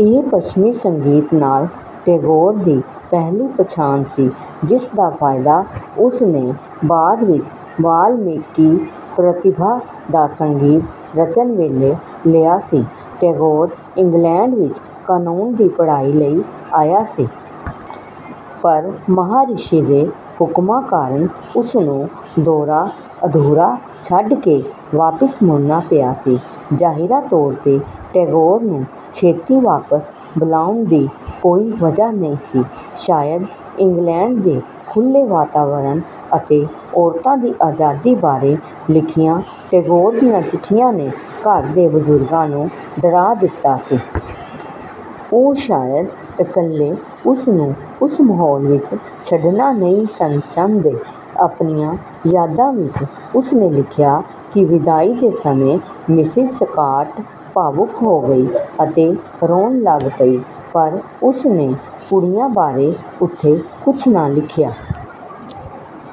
ਇਹ ਪੱਛਮੀ ਸੰਗੀਤ ਨਾਲ ਟੈਗੋਰ ਦੀ ਪਹਿਲੀ ਪਛਾਣ ਸੀ। ਜਿਸ ਦਾ ਫਾਇਦਾ ਉਸ ਨੇ ਬਾਅਦ ਵਿੱਚ ਵਾਲਮੀਕਿ ਪ੍ਰਤਿਭਾ ਦਾ ਸੰਗੀਤ ਰਚਣ ਵੇਲੇ ਲਿਆ ਸੀ। ਟੈਗੋਰ ਇੰਗਲੈਂਡ ਵਿੱਚ ਕਾਨੂੰਨ ਦੀ ਪੜ੍ਹਾਈ ਲਈ ਆਇਆ ਸੀ। ਪਰ ਮਹਾਰਿਸ਼ੀ ਦੇ ਹੁਕਮਾਂ ਕਾਰਨ ਉਸ ਨੂੰ ਦੌਰਾ ਅਧੂਰਾ ਛੱਡ ਕੇ ਵਾਪਿਸ ਮੁੜਨਾ ਪਿਆ ਸੀ। ਜ਼ਾਹਿਰਾ ਤੌਰ ਤੇ ਟੈਗੋਰ ਨੂੰ ਛੇਤੀ ਵਾਪਿਸ ਬੁਲਾਉਣ ਦੀ ਕੋਈ ਵਜ੍ਹਾ ਨਹੀਂ ਸੀ। ਸ਼ਾਇਦ ਇੰਗਲੈਂਡ ਦੇ ਖੁੱਲ੍ਹੇ ਵਾਤਾਵਰਨ ਅਤੇ ਔਰਤਾਂ ਦੀ ਆਜ਼ਾਦੀ ਬਾਰੇ ਲਿਖੀਆਂ ਟੈਗੋਰ ਦੀਆਂ ਚਿੱਠੀਆਂ ਨੇ ਘਰ ਦੇ ਬਜ਼ੁਰਗਾਂ ਨੂੰ ਡਰਾ ਦਿੱਤਾ ਸੀ। ਉਹ ਸ਼ਾਇਦ ਇਕੱਲੇ ਉਸ ਨੂੰ ਉਸ ਮਾਹੌਲ ਵਿੱਚ ਛੱਡਣਾ ਨਹੀਂ ਸਨ ਚਾਹੁੰਦੇ। ਆਪਣੀਆਂ ਯਾਦਾਂ ਵਿੱਚ ਉਸ ਨੇ ਲਿਖਿਆ ਕਿ ਵਿਦਾਈ ਦੇ ਸਮੇਂ ਮਿਸਿਜ਼ ਸਕਾਟ ਭਾਵੁਕ ਹੋ ਗਈ ਅਤੇ ਰੋਣ ਲੱਗ ਪਈ। ਪਰ ਉਸ ਨੇ ਕੁੜੀਆਂ ਬਾਰੇ ਉੱਥੇ ਕੁਝ ਨਾ ਲਿਖਿਆ।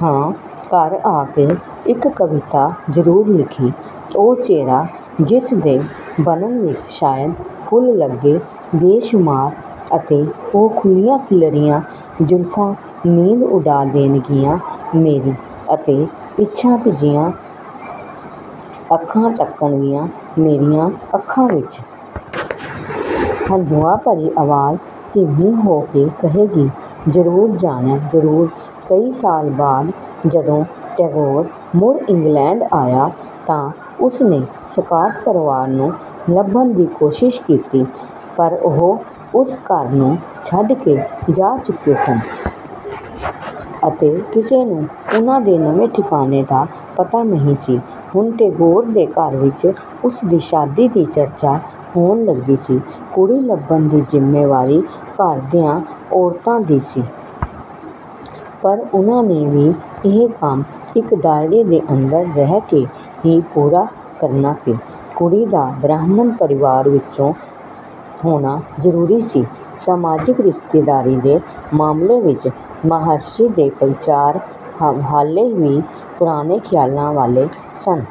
ਹਾਂ ਘਰ ਆ ਕੇ ਇੱਕ ਕਵਿਤਾ ਜ਼ਰੂਰ ਲਿਖੀ: "ਉਹ ਚਿਹਰਾ ਜਿਸ ਦੇ ਬਣਨ ਵਿੱਚ ਸ਼ਾਇਦ ਫੁੱਲ ਲੱਗੇ ਬੇਸ਼ੁਮਾਰ ਅਤੇ ਉਹ ਖੁੱਲ੍ਹੀਆਂ ਖਿਲਰੀਆਂ ਜ਼ੁਲਫ਼ਾਂ ਨੀਂਦ ਉਡਾ ਦੇਣਗੀਆਂ ਮੇਰੀ ਅਤੇ ਇੱਛਾ ਭਿੱਜੀਆਂ ਅੱਖਾਂ ਤੱਕਣਗੀਆਂ ਮੇਰੀਆਂ ਅੱਖਾਂ ਵਿੱਚ। ਹੰਝੂਆਂ ਭਰੀ ਆਵਾਜ਼ ਧੀਮੀ ਹੋ ਕੇ ਕਹੇਗੀ: ਜ਼ਰੂਰ ਜਾਣੈ? ਜ਼ਰੂਰ?" ਕਈ ਸਾਲ ਬਾਅਦ ਜਦੋਂ ਟੈਗੋਰ ਮੁੜ ਇੰਗਲੈਂਡ ਆਇਆ ਤਾਂ ਉਸ ਨੇ ਸਕਾਟ ਪਰਿਵਾਰ ਨੂੰ ਲੱਭਣ ਦੀ ਕੋਸ਼ਿਸ਼ ਕੀਤੀ। ਪਰ ਉਹ ਉਸ ਘਰ ਨੂੰ ਛੱਡ ਕੇ ਜਾ ਚੁੱਕੇ ਸਨ। ਅਤੇ ਕਿਸੇ ਨੂੰ ਉਨ੍ਹਾਂ ਦੇ ਨਵੇਂ ਠਿਕਾਣੇ ਦਾ ਪਤਾ ਨਹੀਂ ਸੀ। ਹੁਣ ਟੈਗੋਰ ਦੇ ਘਰ ਵਿੱਚ ਉਸ ਦੀ ਸ਼ਾਦੀ ਦੀ ਚਰਚਾ ਹੋਣ ਲੱਗੀ ਸੀ। ਕੁੜੀ ਲੱਭਣ ਦੀ ਜ਼ਿੰਮੇਵਾਰੀ ਘਰ ਦੀਆਂ ਔਰਤਾਂ ਦੀ ਸੀ। ਪਰ ਉਨ੍ਹਾਂ ਨੇ ਵੀ ਇਹ ਕੰਮ ਇੱਕ ਦਾਇਰੇ ਦੇ ਅੰਦਰ ਰਹਿ ਕੇ ਹੀ ਪੂਰਾ ਕਰਨਾ ਸੀ। ਕੁੜੀ ਦਾ ਬ੍ਰਾਹਮਣ ਪਰਿਵਾਰ ਵਿੱਚੋਂ ਹੋਣਾ ਜ਼ਰੂਰੀ ਸੀ। ਸਮਾਜਿਕ ਰਿਸ਼ਤੇਦਾਰੀ ਦੇ ਮਾਮਲੇ ਵਿੱਚ ਮਹਾਰਿਸ਼ੀ ਦੇ ਵਿਚਾਰ ਹਾਲੇ ਵੀ ਪੁਰਾਣੇ ਖਿਆਲਾਂ ਵਾਲੇ ਸਨ।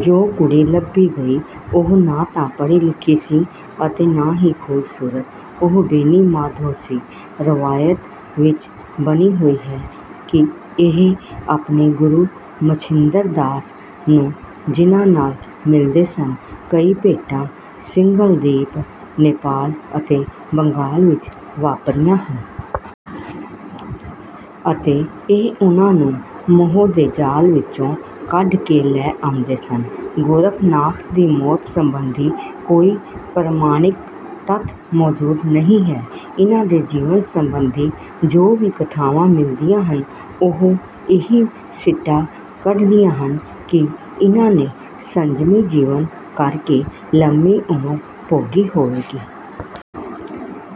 ਜੋ ਕੁੜੀ ਲੱਭੀ ਗਈ ਉਹ ਨਾ ਤਾਂ ਪੜ੍ਹੀ-ਲਿਖੀ ਸੀ ਅਤੇ ਨਾ ਹੀ ਖੂਬਸੂਰਤ। ਉਹ ਬੇਨੀ ਮਾਧਵ ਸੀ। ਰਵਾਇਤ ਵਿੱਚ ਬਣੀ ਹੋਈ ਹੈ ਕਿ ਇਹ ਆਪਣੇ ਗੁਰੂ ਮਛਿੰਦਰਨਾਥ ਨੂੰ ਜਿਨਾਂ ਨਾਲ ਮਿਲਦੇ ਸਨ। ਕਈ ਭੇਟਾਂ ਸਿੰਘਲਦੀਪ, ਨੇਪਾਲ ਅਤੇ ਬੰਗਾਲ ਵਿੱਚ ਵਾਪਰਦੀਆਂ ਸਨ। ਅਤੇ ਇਹ ਉਨ੍ਹਾਂ ਨੂੰ ਮੋਹ ਦੇ ਜਾਲ ਵਿੱਚੋਂ ਕੱਢ ਕੇ ਲੈ ਆਉਂਦੇ ਸਨ। ਗੋਰਖਨਾਥ ਦੀ ਮੌਤ ਸੰਬੰਧੀ ਕੋਈ ਪ੍ਰਮਾਣਿਕ ਤੱਥ ਮੌਜੂਦ ਨਹੀਂ ਹੈ। ਇਨ੍ਹਾਂ ਦੇ ਜੀਵਨ ਸੰਬੰਧੀ ਜੋ ਵੀ ਕਥਾਵਾਂ ਮਿਲਦੀਆਂ ਹਨ ਉਹ ਇਹੀ ਸਿੱਟਾ ਕੱਢਦੀਆਂ ਹਨ ਕਿ ਇਨ੍ਹਾਂ ਨੇ ਸੰਜਮੀ ਜੀਵਨ ਕਰਕੇ ਲੰਮੀ ਉਮਰ ਭੋਗੀ ਹੋਵੇਗੀ।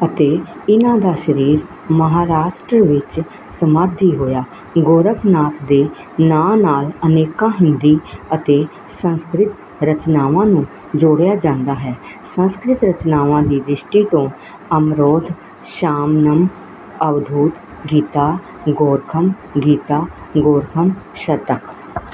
ਅਤੇ ਇਨ੍ਹਾਂ ਦਾ ਸਰੀਰ ਮਹਾਰਾਸ਼ਟਰ ਵਿੱਚ ਸਮਾਧੀ ਹੋਇਆ। ਗੋਰਖਨਾਥ ਦੇ ਨਾਂ ਨਾਲ ਅਨੇਕਾਂ ਹਿੰਦੀ ਅਤੇ ਸੰਸਕ੍ਰਿਤ ਰਚਨਾਵਾਂ ਨੂੰ ਜੋੜਿਆ ਜਾਂਦਾ ਹੈ। ਸੰਸਕ੍ਰਿਤ ਰਚਨਾਵਾਂ ਦੀ ਦ੍ਰਿਸ਼ਟੀ ਤੋਂ ਅਮਰੌਧ, ਸ਼ਾਸਨਮ, ਅਵਧੂਤ ਗੀਤਾ, ਗੋਰਖਸ਼ ਗੀਤਾ, ਗੋਰਖਸ਼ ਸ਼ਤਕ,